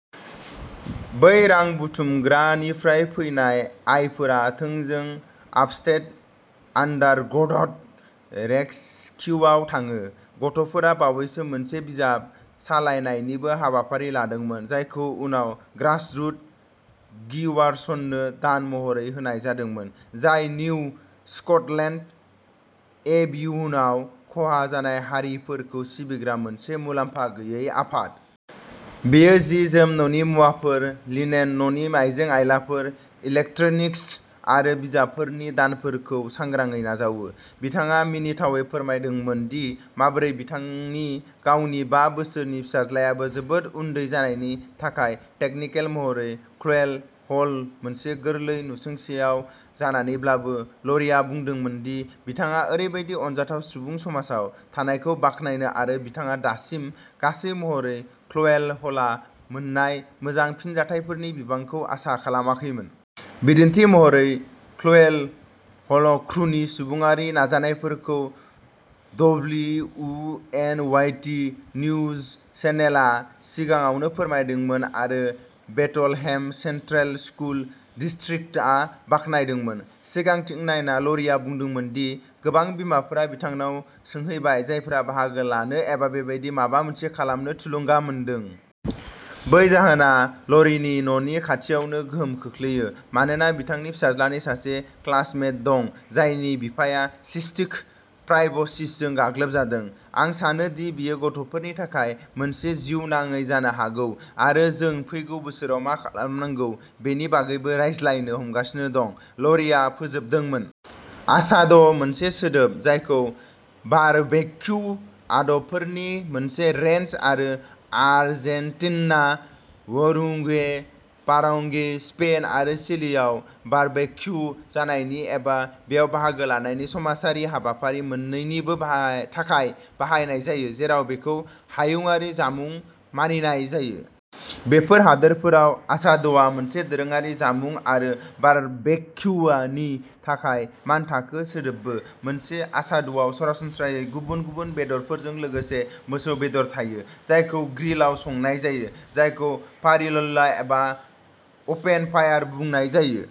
बै रां बुथुमग्रानिफ्राय फैनाय आयफोरा थोंजों आपस्टेट आन्डारडग रेसकिउआव थाङो। गथ'फोरा बावैसो मोनसे बिजाब सालायनायनिबो हाबाफारि लादोंमोन, जायखौ उनाव ग्रासरुट गिवार्सनो दान महरै होनाय जादोंमोन, जाय निउ स्कटलेन्ड एभेन्युआव खहा जानाय हारिफोरखौ सिबिग्रा मोनसे मुलाम्फा गैयै आफाद। बेयो जि-जोम, न'नि मुवाफोर, लिनेन, न'नि आइजें-आइलाफोर, इलेक्ट्रनिक्स आरो बिजाबफोरनि दानफोरखौ सांग्राङै नाजावो। बिथाङा मिनिथावै फोरमायदोंमोन दि माबोरै बिथांनि गावनि बा बोसोरनि फिसाज्लायाबो जोबोद उन्दै जानायनि थाखाय टेकनिकेल महरै क्वेल हल मोनसे गोरलै नसुंसेआव जानानैब्लाबो, ल'रिआ बुंदोंमोन दि बिथाङा ओरैबायदि अनजाथाव सुबुं समाजाव थानायखौ बाख्नायो आरो बिथाङा दासिम गासै महरै क्वेल हल'आ मोन्नाय मोजां फिनजाथायफोरनि बिबांखौ आसा खालामाखैमोन। बिदिन्थि महरै, क्वेल हल'क्रुनि सुबुंआरि नाजानायफोरखौ डब्लिउएनवाइटि निउजचेनेल आ सिगाङावनो फोरमायदोंमोन आरो बेथलहेम सेन्ट्रेल स्कुल डिस्ट्रिक्टआ बाख्नायदोंमोन। सिगांथिं नायना, ल'रिआ बुंदोंमोन दि गोबां बिमाफोरा बिथांनाव सौहैबाय जायफोरा बाहागो लानो एबा बेबादि माबा मोनसे खालामनो थुलुंगा मोनदों। बे जाहोना ल'रीनि न'नि खाथियावनो गोहोम खोख्लैयो मानोना बिथांनि फिसाज्लानि सासे क्लासमेट दं जायनि बिफाया सिस्टिक फाइब्र'सिसजों गाग्लोबजादों। "आं सानो दि बेयो गथ'फोरनि थाखाय मोनसे जिउनाङै जानो हागौ, आरो जों फैगौ बोसोराव मा खालामनांगौ बेनि बागैबो रायज्लायनो हमगासिनो दं", ल'रीआ फोजोबदोंमोन। आसाद' मोनसे सोदोब जायखौ बारबेक्यू आदबफोरनि मोनसे रेन्ज आरो आर्जेन्टिना, उरुगुवे, पाराग्वे, स्पेन आरो चिलीआव बारबेक्यू जानायनि एबा बेयाव बाहागो लानायनि समाजारि हाबाफारि मोन्नैनिबो थाखाय बाहायनाय जायो, जेराव बेखौ हायुंआरि जामुं मानिनाय जायो। बेफोर हादोरफोराव, आसाद'आ मोनसे दोरोङारि जामुं आरो "बारबेक्यू" नि थाखाय मानथाखो सोदोबबो। मोनसे आसाद'आव सरासनस्रायै गुबुन गुबुन बेदरफोरजों लोगोसे मोसौ बेदर थायो, जायखौ ग्रिलआव संनाय जायो, जायखौ पारिल्ला एबा अपेन फायार बुंनाय जायो।